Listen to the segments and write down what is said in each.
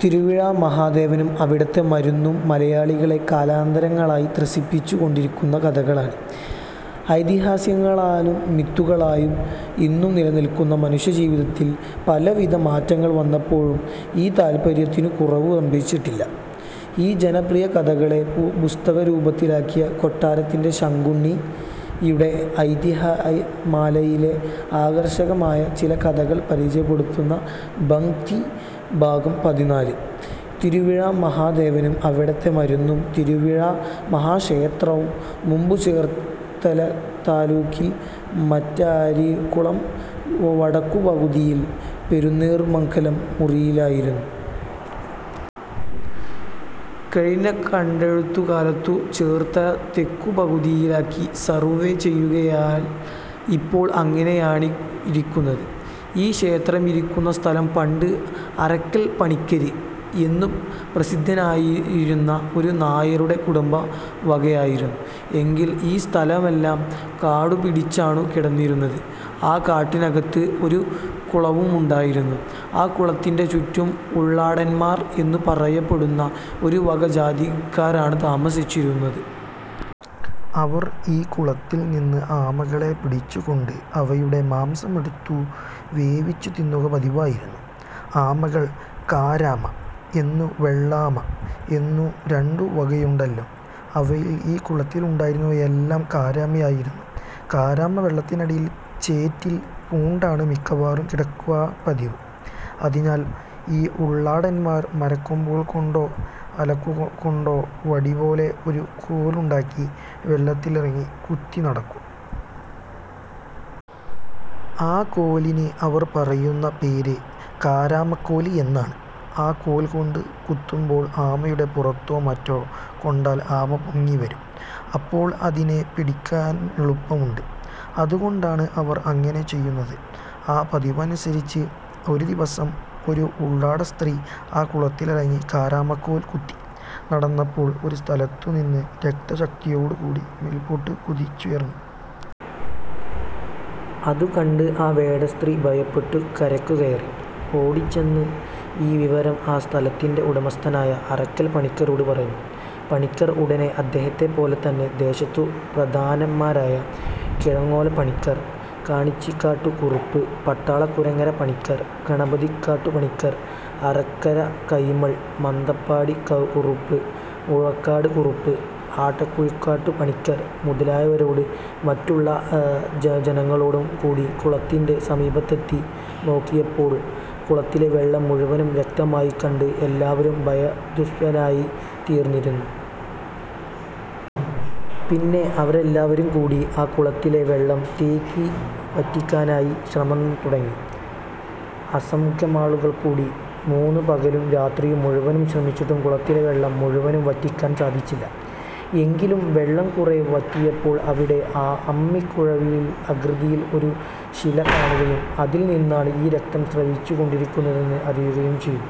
തിരുവിഴാ മഹാദേവനും അവിടത്തെ മരുന്നും മലയാളികളെ കാലാന്തരങ്ങളായി ത്രസിപ്പിച്ചു കൊണ്ടിരിക്കുന്ന കഥകളാണ് ഐതിഹ്യങ്ങളായും മിത്തുകളായും ഇന്നും നിലനിൽക്കുന്നത്. മനുഷ്യജീവിതത്തിൽ പലവിധ മാറ്റങ്ങൾ വന്നപ്പോഴും ഈ താൽപര്യത്തിനു കുറവ് സംഭവിച്ചിട്ടില്ല. ഈ ജനപ്രിയകഥകളെ പുസ്തകരൂപത്തിലാക്കിയ കൊട്ടാരത്തിൽ ശങ്കുണ്ണിയുടെ ഐതിഹ്യമാലയിലെ ആകർഷകമായ ചില കഥകൾ പരിചയപ്പെടുത്തുന്ന പംക്തി ഭാഗം പതിനാല്: തിരുവിഴാ മഹാദേവനും അവിടത്തെ മരുന്നും തിരുവിഴാ മഹാക്ഷേത്രം മുമ്പു ചേർത്തലത്താലൂക്കിൽ മാരാരിക്കുളം വടക്കുപകുതിയിൽ 'പെരുന്നേർമംഗലം' മുറിയിലായിരുന്നു. കഴിഞ്ഞ കണ്ടെഴുത്തുകാലത്തു ചേർത്തല തെക്കുപകുതിയിലാക്കി സർവ്വേ ചെയ്യുകയാൽ ഇപ്പോൾ അങ്ങനെയാണിരിക്കുന്നത്. ഈ ക്ഷേത്രമിരിക്കുന്ന സ്ഥലം പണ്ട് 'അറയ്ക്കൽ പണിക്കര്' എന്നു പ്രസിദ്ധനായിരുന്ന ഒരു നായരുടെ കുടുംബവകയായിരുന്നു. എങ്കിലും ഈ സ്ഥലമെല്ലാം കാടുപിടിച്ചാണു കിടന്നിരുന്നത്. ആ കാട്ടിനകത്ത് ഒരു കുളവുമുണ്ടായിരുന്നു. ആ കുളത്തിന്റെ ചുറ്റും ഉള്ളാടന്മാര് എന്നു പറയപ്പെടുന്ന ഒരുവക ജാതിക്കാരാണു താമസിച്ചിരുന്നത്. അവർ ഈ കുളത്തിൽനിന്ന് ആമകളെ പിടിച്ചുകൊണ്ട് അവയുടെ മാംസമെടുത്തു വേവിച്ചു തിന്നുക പതിവായിരുന്നു. ആമകൾ 'കാരാമ' എന്നും വെള്ളാമ എന്നും രണ്ടു വകയുണ്ടല്ലോ. അവയിൽ ഈ കുളത്തിലുണ്ടായിരുന്നവയെല്ലാം കാരാമയായിരുന്നു. കാരാമ വെള്ളത്തിനടിയിൽ ചേറ്റിൽ പൂണ്ടാണ് മിക്കവാറും കിടക്കുക പതിവ്. അതിനാല് ഈ ഉള്ളാടന്മാർ മരക്കൊമ്പുകൾകൊണ്ടോ അലകുകൊണ്ടോ വടിപോലെ ഒരു കോലുണ്ടാക്കി വെള്ളത്തിലിറങ്ങി കുത്തിനടക്കും. ആ കോലിന് അവർ പറയുന്ന പേര് കാരാമക്കോൽ എന്നാണ്. ആ കോൽകൊണ്ടു കുത്തുമ്പോൾ ആമയുടെ പുറത്തോ മറ്റോ കൊണ്ടാൽ ആമ പൊങ്ങിവരും. അപ്പോൾ അതിനെ പിടിക്കാനെളുപ്പമുണ്ട്. അതുകൊണ്ടാണ് അവർ അങ്ങനെ ചെയ്യുന്നത്. ആ പതിവനുസരിച്ച് ഒരു ദിവസം ഒരു ഉള്ളാടസ്ത്രീ ആ കുളത്തിലിറങ്ങി കാരാമക്കോൽ കുത്തി നടന്നപ്പോൾ ഒരു സ്ഥലത്തുനിന്ന് രക്തം ശക്തിയോടുകൂടി മേൽപ്പോട്ടു കുതിച്ചുയർന്നു. അതുകണ്ട് ആ വേടസ്ത്രീ ഭയപ്പെട്ടു കരയ്ക്കു കയറി ഓടിച്ചെന്ന് ഈ വിവരം ആ സ്ഥലത്തിന്റെ ഉടമസ്ഥനായ അറയ്ക്കൽ പണിക്കരോടു പറഞ്ഞു. പണിക്കർ ഉടനെ അദ്ദേഹത്തെപ്പോലെതന്നെ ദേശത്തു പ്രധാനന്മാരായ കീഴോങ്ങലെ പണിക്കർ, കാണിച്ചിക്കാട്ടുകുറുപ്പ്, പടാകുളങ്ങരെപ്പണിക്കർ, ഗണപതിക്കാട്ടു പണിക്കർ, അറക്കര കൈമൾ, മന്തപ്പാടി കുറുപ്പ്, മുഴുവക്കാട് കുറുപ്പ്, ആട്ടക്കുഴിക്കാട്ടു പണിക്കർ മുതലായവരോടും മറ്റുള്ള ജനങ്ങളോടും കൂടി കുളത്തിന്റെ സമീപത്തെത്തി നോക്കിയപ്പോൾ കുളത്തിലെ വെള്ളം മുഴുവനും രക്തമയമായിക്കണ്ട് എല്ലാവരും ഭയാത്ഭുതപരവശന്മാരായിത്തീർന്നു. പിന്നെ അവരെല്ലാവരുംകൂടി ആ കുളത്തിലെ വെള്ളം തേകി വറ്റിക്കാനായി ശ്രമം തുടങ്ങി. അസംഖ്യമാളുകൾകൂടി മൂന്നു പകലും രാത്രിയും മുഴുവനും ശ്രമിച്ചിട്ടും കുളത്തിലെ വെള്ളം മുഴുവനും വറ്റിക്കാന് സാധിച്ചില്ല. എങ്കിലും വെള്ളം കുറെ വറ്റിയപ്പോൾ അവിടെ അമ്മിക്കുഴവിയുടെ ആകൃതിയിൽ ഒരു ശില കാണുകയും അതിൽനിന്നാണ് ഈ രക്തം സ്രവിച്ചു കൊണ്ടിരിക്കുന്നതെന്ന് അറിയുകയും ചെയ്തു.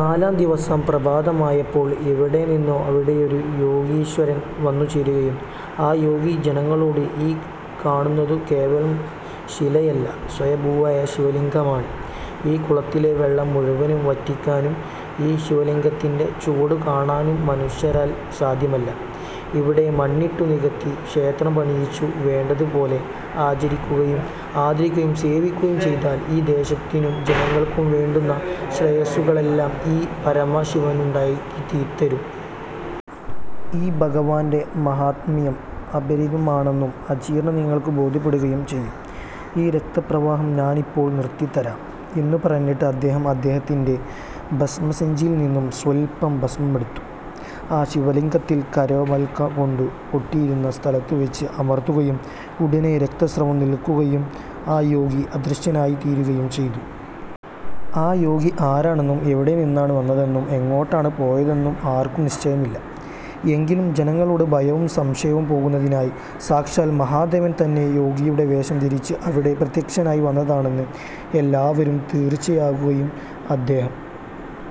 നാലാം ദിവസം പ്രഭാതമായപ്പോള് എവിടെനിന്നോ അവിടെയൊരു യോഗീശ്വരൻ വന്നുചേരുകയും ആ യോഗി ജനങ്ങളോട് 'ഈ കാണുന്നതു കേവലം ശിലയല്ല. സ്വയംഭൂവായ ശിവലിംഗമാണ്. ഈ കുളത്തിലെ വെള്ളം മുഴുവനും വറ്റിക്കാനും ഈ ശിവലിംഗത്തിന്റെ ചുവടു കാണാനും മനുഷ്യരാൽ സാധ്യമല്ല. ഇവിടെ മണ്ണിട്ടു നികത്തി ക്ഷേത്രം പണിയിച്ചു വേണ്ടതു പോലെ ആചരിക്കുകയും ആദരിക്കുകയും സേവിക്കുകയും ചെയ്താൽ ഈ ദേശത്തിനും ജനങ്ങൾക്കും വേണ്ടുന്ന ശ്രേയസ്സുകളെല്ലാം ഈ പരമശിവനുണ്ടാക്കിത്തരും. ഈ ഭഗവാന്റെ മാഹാത്മ്യം അപരിമിതമാണെന്ന് അചിരേണ നിങ്ങൾക്കു ബോധ്യപ്പെടുകയും ചെയ്യും. ഈ രക്തപ്രവാഹം ഞാനിപ്പോള് നിർത്തിത്തരാം. ' എന്നു പറഞ്ഞിട്ട് അദ്ദേഹം അദ്ദേഹത്തിന്റെ ഭസ്മസഞ്ചിയിൽനിന്നു സ്വൽപം ഭസ്മമെടുത്ത് ആ ശിവലിംഗത്തിൽ കാരാമക്കോൽകൊണ്ടു പൊട്ടിയിരുന്ന സ്ഥലത്തു വെച്ച് അമർത്തുകയും ഉടനെ രക്തസ്രാവം നിൽക്കുകയും ആ യോഗി അദൃശ്യനായിത്തീരുകയും ചെയ്തു. ആ യോഗി ആരാണെന്നും എവിടെനിന്നാണു വന്നതെന്നും എങ്ങോട്ടാണു പോയതെന്നും ആർക്കും നിശ്ചയമില്ല. എങ്കിലും ജനങ്ങളുടെ ഭയവും സംശയവും പോകുന്നതിനായി സാക്ഷാൽ മഹാദേവൻ തന്നെ യോഗിയുടെ വേഷം ധരിച്ച് അവിടെ പ്രത്യക്ഷമായി വന്നതാണെന്ന് എല്ലാവരും തീർച്ചയാക്കുകയും അദ്ദേഹം